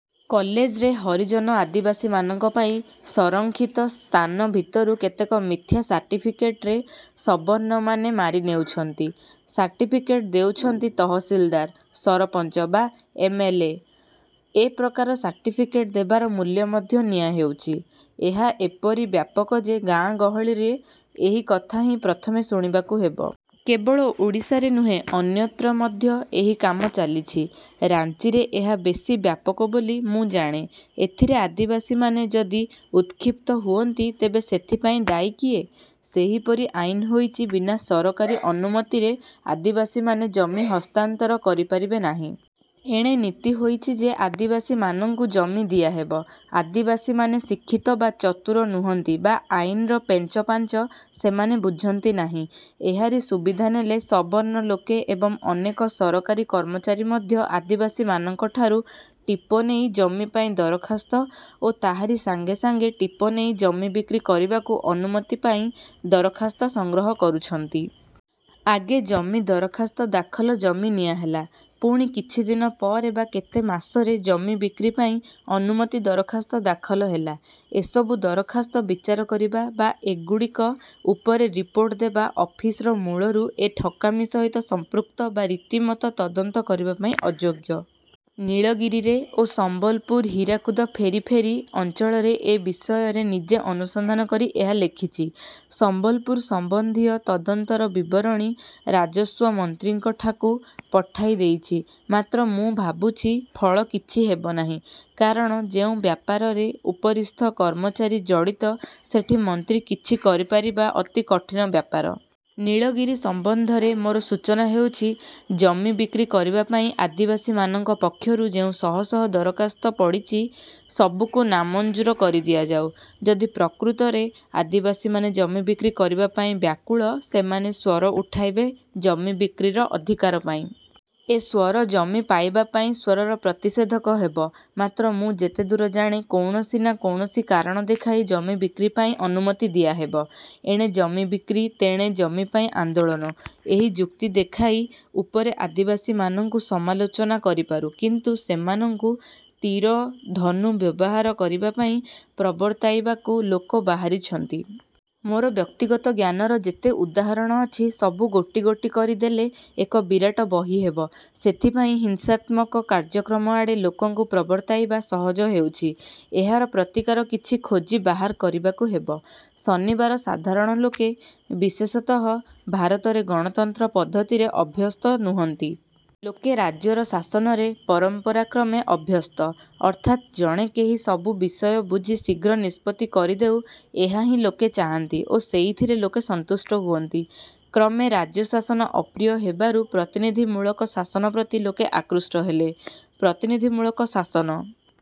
କଲେଜରେ ହରିଜନ ଆଦିବାସୀମାନଙ୍କ ପାଇଁ ସଂରକ୍ଷିତ ସ୍ଥାନ ଭିତରୁ କେତେକ ମିଥ୍ୟା ସାର୍ଟିଫିକେଟରେ ସବର୍ଣ୍ଣମାନେ ମାରି ନେଉଛନ୍ତି। ସାର୍ଟିଫିକେଟ ଦେଉଛନ୍ତି ତହସିଲଦାର, ସରପଞ୍ଚ ବା ଏମ. ଏଲ. ଏ.। ଏ ପ୍ରକାର ସାର୍ଟିଫିକେଟ ଦେବାର ମୂଲ୍ୟ ମଧ୍ୟ ନିଆହେଉଛି। ଏହା ଏପରି ବ୍ୟାପକ ଯେ ଗାଁ ଗହଳରେ ଏହି କଥା ହିଁ ପ୍ରଥମେ ଶୁଣିବାକୁ ହେବ। କେବଳ ଓଡ଼ିଶାରେ ନୁହେଁ ଅନ୍ୟତ୍ର ମଧ୍ୟ ଏହି କାମ ଚାଲିଛି। ରାଞ୍ଚିରେ ଏହା ବେଶି ବ୍ୟାପକ ବୋଲି ମୁଁ ଜାଣେ। ଏଥିରେ ଆଦିବାସୀମାନେ ଯଦି ଉତ୍କ୍ଷିପ୍ତ ହୁଅନ୍ତି, ତେବେ ସେଥିପାଇଁ ଦାୟୀ କିଏ? ସେହିପରି ଆଇନ ହୋଇଛି ବିନା ସରକାରୀ ଅନୁମତିରେ ଆଦିବାସୀମାନେ ଜମି ହସ୍ତାନ୍ତର କରିପାରିବେ ନାହିଁ। ଏଣେ ନୀତି ହୋଇଛି ଯେ ଆଦିବାସୀମାନଙ୍କୁ ଜମି ଦିଆହେବ। ଆଦିବାସୀମାନେ ଶିକ୍ଷିତ ବା ଚତୁର ନୁହନ୍ତି ବା ଆଇନର ପେଞ୍ଚପାଞ୍ଚ ସେମାନେ ବୁଝନ୍ତିନାହିଁ। ଏହାରି ସୁବିଧା ନେଲେ ସବର୍ଣ୍ଣ ଲୋକେ ଏବଂ ଅନେକ ସରକାରୀ କର୍ମଚାରୀ ମଧ୍ୟ ଆଦିବାସୀମାନଙ୍କଠାରୁ ଟିପ ନେଇ ଜମିପାଇଁ ଦରଖାସ୍ତ ଓ ତାହାରି ସାଙ୍ଗେ ସାଙ୍ଗେ ଟିପ ନେଇ ଜମି ବିକ୍ରି କରିବାକୁ ଅନୁମତି ପାଇଁ ଦରଖାସ୍ତ ସଂଗ୍ରହ କରୁଛନ୍ତି। ଆଗେ ଜମି ଦରଖାସ୍ତ ଦାଖଲ ଜମି ନିଆହେଲା, ପୁଣି କିଛି ଦିନପରେ ବା କେତେ ମାସରେ ଜମି ବିକ୍ରି ପାଇଁ ଅନୁମତି ଦରଖାସ୍ତ ଦାଖଲ ହେଲା। ଏସବୁ ଦରଖାସ୍ତ ବିଚାର କରିବା ବା ଏଗୁଡ଼ିକ ଉପରେ ରିପୋର୍ଟ ଦେବା ଅଫିସର ମୂଳରୁ ଏ ଠକାମି ସହିତ ସଂପୃକ୍ତ ବା ରୀତିମତ ତଦନ୍ତ କରିବାପାଇଁ ଅଯୋଗ୍ୟ। ନୀଳଗିରିରେ ଓ ସମ୍ବଲପୁର ହୀରାକୁଦ ଫେରିଫେରି ଅଞ୍ଚଳରେ ଏ ବିଷୟରେ ନିଜେ ଅନୁସନ୍ଧାନ କରି ଏହା ଲେଖିଛି। ସମ୍ବଲପୁର ସମ୍ବନ୍ଧୀୟ ତଦନ୍ତର ବିବରଣୀ ରାଜସ୍ୱ ମନ୍ତ୍ରୀଙ୍କଠାକୁ ପଠାଇ ଦେଇଛି; ମାତ୍ର ମୁଁ ଭାବୁଛି ଫଳ କିଛି ହେବନାହିଁ। କାରଣ ଯେଉଁ ବ୍ୟାପାରରେ ଉପରିସ୍ଥ କର୍ମଚାରୀ ଜଡ଼ିତ ସେଠି ମନ୍ତ୍ରୀ କିଛି କରି ପାରିବା ଅତି କଠିନ ବ୍ୟାପାର। ନୀଳଗିରି ସମ୍ବନ୍ଧରେ ମୋର ସୂଚନା ହେଉଛି, ଜମି ବିକ୍ରି କରିବାପାଇଁ ଆଦିବାସୀମାନଙ୍କ ପକ୍ଷରୁ ଯେଉଁ ଶହ ଶହ ଦରଖାସ୍ତ ପଡ଼ିଛି,। ସବୁକୁ ନାମଞ୍ଜୁର କରି ଦିଆଯାଉ। ଯଦି ପ୍ରକୃତରେ ଆସିବାସୀମାନେ ଜମି ବିକ୍ରି କରିବାପାଇଁ ବ୍ୟାକୁଳ, ସେମାନେ ସ୍ୱର ଉଠାଇବେ ଜମି ବିକ୍ରିର ଅଧିକାର ପାଇଁ। ଏ ସ୍ୱର ଜମି ପାଇବାପାଇଁ ସ୍ୱରର ପ୍ରତିଷେଧକ ହେବ; ମାତ୍ର ମୁଁ ଯେତେଦୂର ଜାଣେ କୌଣସି ନାଁ କୌଣସି କାରଣ ଦେଖାଇ ଜମି ବିକ୍ରି ପାଇଁ ଅନୁମତି ଦିଆହେବ-। ଏଣେ ଜମି ବିକ୍ରି, ତେଣେ ଜମି ପାଇଁ ଆନ୍ଦୋଳନ ଏହି ଯୁକ୍ତି ଦେଖାଇ ଉପରେ ଆଦିବାସୀମାନଙ୍କୁ ସମାଲୋଚନା କରିପାରୁ; କିନ୍ତୁ ସେମାନଙ୍କୁ ତୀର ଧନୁ ବ୍ୟବହାର କରିବାପାଇଁ ପ୍ରବର୍ତ୍ତାଇବାକୁ ଲୋକ ବାହାରିଛନ୍ତି। ମୋର ବ୍ୟକ୍ତିଗତ ଜ୍ଞାନର ଯେତେ ଉଦାହରଣ ଅଛି, ସବୁ ଗୋଟି ଗୋଟି କରି ଦେଲେ ଏକ ବିରାଟ ବହିହେବ। ସେଥିପାଇଁ ହିଂସାତ୍ମକ କାର୍ଯ୍ୟକ୍ରମଆଡ଼େ ଲୋକଙ୍କୁ ପ୍ରବର୍ତ୍ତାଇବା ସହଜ ହେଉଛି। ଏହାର ପ୍ରତିକାର କିଛି ଖୋଜି ବାହାର କରିବାକୁ ହେବ। ଶନିବାର ସାଧାରଣ ଲୋକେ, ବିଶେଷତଃ ଭାରତରେ ଗଣତନ୍ତ୍ର ପଦ୍ଧତିରେ ଅଭ୍ୟସ୍ତ ନୁହନ୍ତି। ଲୋକେ ରାଜ୍ୟର ଶାସନରେ ପରମ୍ପରାକ୍ରମେ ଅଭ୍ୟସ୍ତ। ଅର୍ଥାତ୍ ଜଣେ କେହି ସବୁ ବିଷୟ ବୁଝି ଶୀଘ୍ର ନିଷ୍ପତ୍ତି କରିଦେଉ, ଏହା ହିଁ ଲୋକେ ଚାହାନ୍ତି ଓ ସେଇଥିରେ ଲୋକେ ସନ୍ତୁଷ୍ଟ ହୁଅନ୍ତି। କ୍ରମେ ରାଜ୍ୟଶାସନ ଅପ୍ରିୟ ହେବାରୁ ପ୍ରତିନିଧିମୂଳକ ଶାସନ ପ୍ରତି ଲୋକେ ଆକୃଷ୍ଟ ହେଲେ। ପ୍ରତିନିଧିମୂଳକ ଶାସନ